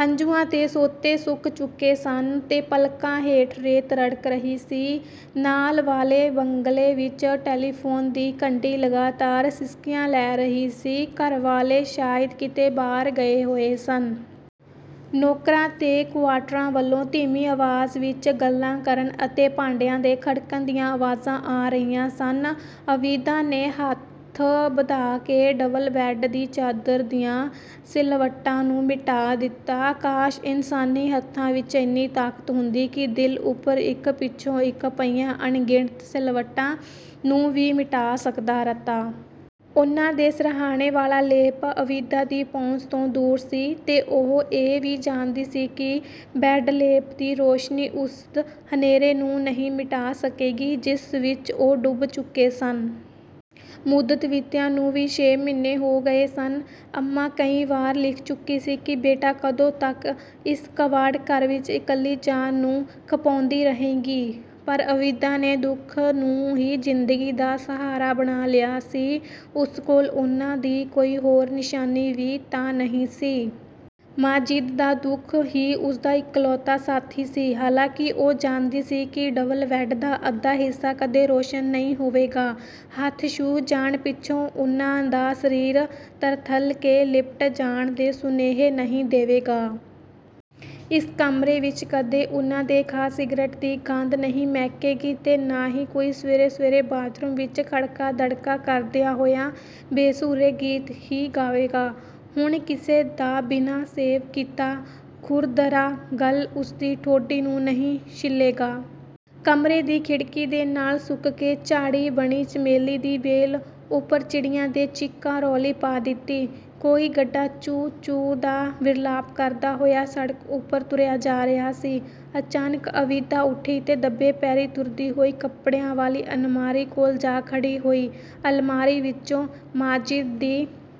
ਹੰਝੂਆਂ ਦੇ ਸੋਤੇ ਸੁੱਕ ਚੁੱਕੇ ਸਨ ਤੇ ਪਲਕਾਂ ਹੇਠ ਰੇਤ ਰੜਕ ਰਹੀ ਸੀ। ਨਾਲ ਵਾਲੇ ਬੰਗਲੇ ਵਿੱਚ ਟੈਲੀਫੋਨ ਦੀ ਘੰਟੀ ਲਗਾਤਾਰ ਸਿਸਕੀਆਂ ਲੈ ਰਹੀ ਸੀ। ਘਰ ਵਾਲੇ ਸ਼ਾਇਦ ਕਿਤੇ ਬਾਹਰ ਗਏ ਹੋਏ ਸਨ। ਨੌਕਰਾਂ ਦੇ ਕੁਆਰਟਰਾਂ ਵੱਲੋਂ ਧੀਮੀ ਆਵਾਜ਼ ਵਿੱਚ ਗੱਲਾਂ ਕਰਨ ਅਤੇ ਭਾਂਡਿਆਂ ਦੇ ਖੜਕਣ ਦੀਆਂ ਆਵਾਜ਼ਾਂ ਆ ਰਹੀਆਂ ਸਨ। ਆਬਿਦਾ ਨੇ ਹੱਥ ਵਧਾ ਕੇ ਡਬਲ-ਬੈੱਡ ਦੀ ਚਾਦਰ ਦੀਆਂ ਸਿਲਵਟਾਂ ਨੂੰ ਮਿਟਾ ਦਿੱਤਾ। ਕਾਸ਼, ਇਨਸਾਨੀ ਹੱਥਾਂ ਵਿੱਚ ਇੰਨੀ ਤਾਕਤ ਹੁੰਦੀ ਕਿ ਦਿਲ ਉੱਪਰ ਇੱਕ ਪਿੱਛੋਂ ਇੱਕ ਪਈਆਂ ਅਣਗਿਣਤ ਸਿਲਵਟਾਂ ਨੂੰ ਵੀ ਮਿਟਾ ਸਕਦਾ। ਰਤਾ ਉਨ੍ਹਾਂ ਦੇ ਸਿਰਹਾਣੇ ਵਾਲਾ ਲੈਂਪ ਆਬਿਦਾ ਦੀ ਪਹੁੰਚ ਤੋਂ ਦੂਰ ਸੀ ਤੇ ਉਹ ਇਹ ਵੀ ਜਾਣਦੀ ਸੀ ਕਿ ਬੈੱਡ-ਲੈਂਪ ਦੀ ਰੌਸ਼ਨੀ ਉਸ ਹਨੇਰੇ ਨੂੰ ਨਹੀਂ ਮਿਟਾ ਸਕੇਗੀ, ਜਿਸ ਵਿੱਚ ਉਹ ਡੁੱਬ ਚੁੱਕੇ ਸਨ। ਮੁੱਦਤ ਬੀਤੀਆਂ ਨੂੰ ਵੀ ਛੇ ਮਹੀਨੇ ਹੋ ਗਏ ਸਨ। ਅੰਮਾਂ ਕਈ ਵਾਰੀ ਲਿਖ ਚੁੱਕੀ ਸੀ ਕਿ ਬੇਟਾ ਕਦੋਂ ਤੱਕ ਇਸ ਕਬਾੜ-ਘਰ ਵਿੱਚ ਇਕੱਲੀ ਜਾਨ ਨੂੰ ਖਪਾਉਂਦੀ ਰਹੇਂਗੀ? ਪਰ ਆਬਿਦਾ ਨੇ ਦੁੱਖ ਨੂੰ ਹੀ ਜ਼ਿੰਦਗੀ ਦਾ ਸਹਾਰਾ ਬਣਾ ਲਿਆ ਸੀ, ਉਸ ਕੋਲ ਉਨ੍ਹਾਂ ਦੀ ਕੋਈ ਹੋਰ ਨਿਸ਼ਾਨੀ ਵੀ ਤਾਂ ਨਹੀਂ ਸੀ। ਮਾਜਿਦ ਦਾ ਦੁੱਖ ਹੀ ਉਸਦਾ ਇਕਲੌਤਾ ਸਾਥੀ ਸੀ। ਹਾਲਾਂਕਿ ਉਹ ਜਾਣਦੀ ਸੀ ਕਿ, ਡਬਲ-ਬੈੱਡ ਦਾ ਅੱਧਾ ਹਿੱਸਾ ਕਦੇ ਰੌਸ਼ਨ ਨਹੀਂ ਹੋਵੇਗਾ, ਹੱਥ ਛੂਹ ਜਾਣ ਪਿੱਛੋਂ ਉਨ੍ਹਾਂ ਦਾ ਸਰੀਰ ਤਰਥੱਲ ਕੇ ਲਿਪਟ ਜਾਣ ਦੇ ਸੁਨੇਹੇ ਨਹੀਂ ਦੇਵੇਗਾ। ਇਸ ਕਮਰੇ ਵਿੱਚ ਕਦੇ ਉਨ੍ਹਾਂ ਦੇ ਖਾਸ ਸਿਗਰਟ ਦੀ ਗੰਧ ਨਹੀਂ ਮਹਿਕੇਗੀ ਤੇ ਨਾ ਹੀ ਕੋਈ ਸਵੇਰੇ-ਸਵੇਰੇ ਬਾਥਰੂਮ ਵਿੱਚ ਖੜਕਾ-ਦੜਕਾ ਕਰਦਿਆਂ ਹੋਇਆਂ, ਬੇਸੁਰੇ ਗੀਤ ਹੀ ਗਾਵੇਗਾ। ਹੁਣ ਕਿਸੇ ਦਾ ਬਿਨਾਂ ਸ਼ੇਵ ਕੀਤਾ ਖੁਰਦਰਾ ਗੱਲ ਉਸਦੀ ਠੋਡੀ ਨੂੰ ਨਹੀਂ ਛਿੱਲੇਗਾ। ਕਮਰੇ ਦੀ ਖਿੜਕੀ ਦੇ ਨਾਲ ਸੁੱਕ ਕੇ ਝਾੜੀ ਬਣੀ ਚਮੇਲੀ ਦੀ ਵੇਲ ਉੱਪਰ ਚਿੜੀਆਂ ਨੇ ਚੀਕਾ-ਰੌਲੀ ਪਾ ਦਿੱਤੀ। ਕੋਈ ਗੱਡਾ 'ਚੂੰ-ਚੂੰ' ਦਾ ਵਿਰਲਾਪ ਕਰਦਾ ਹੋਇਆ ਸੜਕ ਉੱਪਰ ਤੁਰਿਆ ਜਾ ਰਿਹਾ ਸੀ। ਅਚਾਨਕ ਆਬਿਦਾ ਉੱਠੀ ਤੇ ਦੱਬੇ ਪੈਰੀਂ ਤੁਰਦੀ ਹੋਈ ਕੱਪੜਿਆਂ ਵਾਲੀ ਅਲਮਾਰੀ ਕੋਲ ਜਾ ਖੜ੍ਹੀ ਹੋਈ। ਅਲਮਾਰੀ ਵਿੱਚੋਂ ਮਾਜਿਦ ਦੀ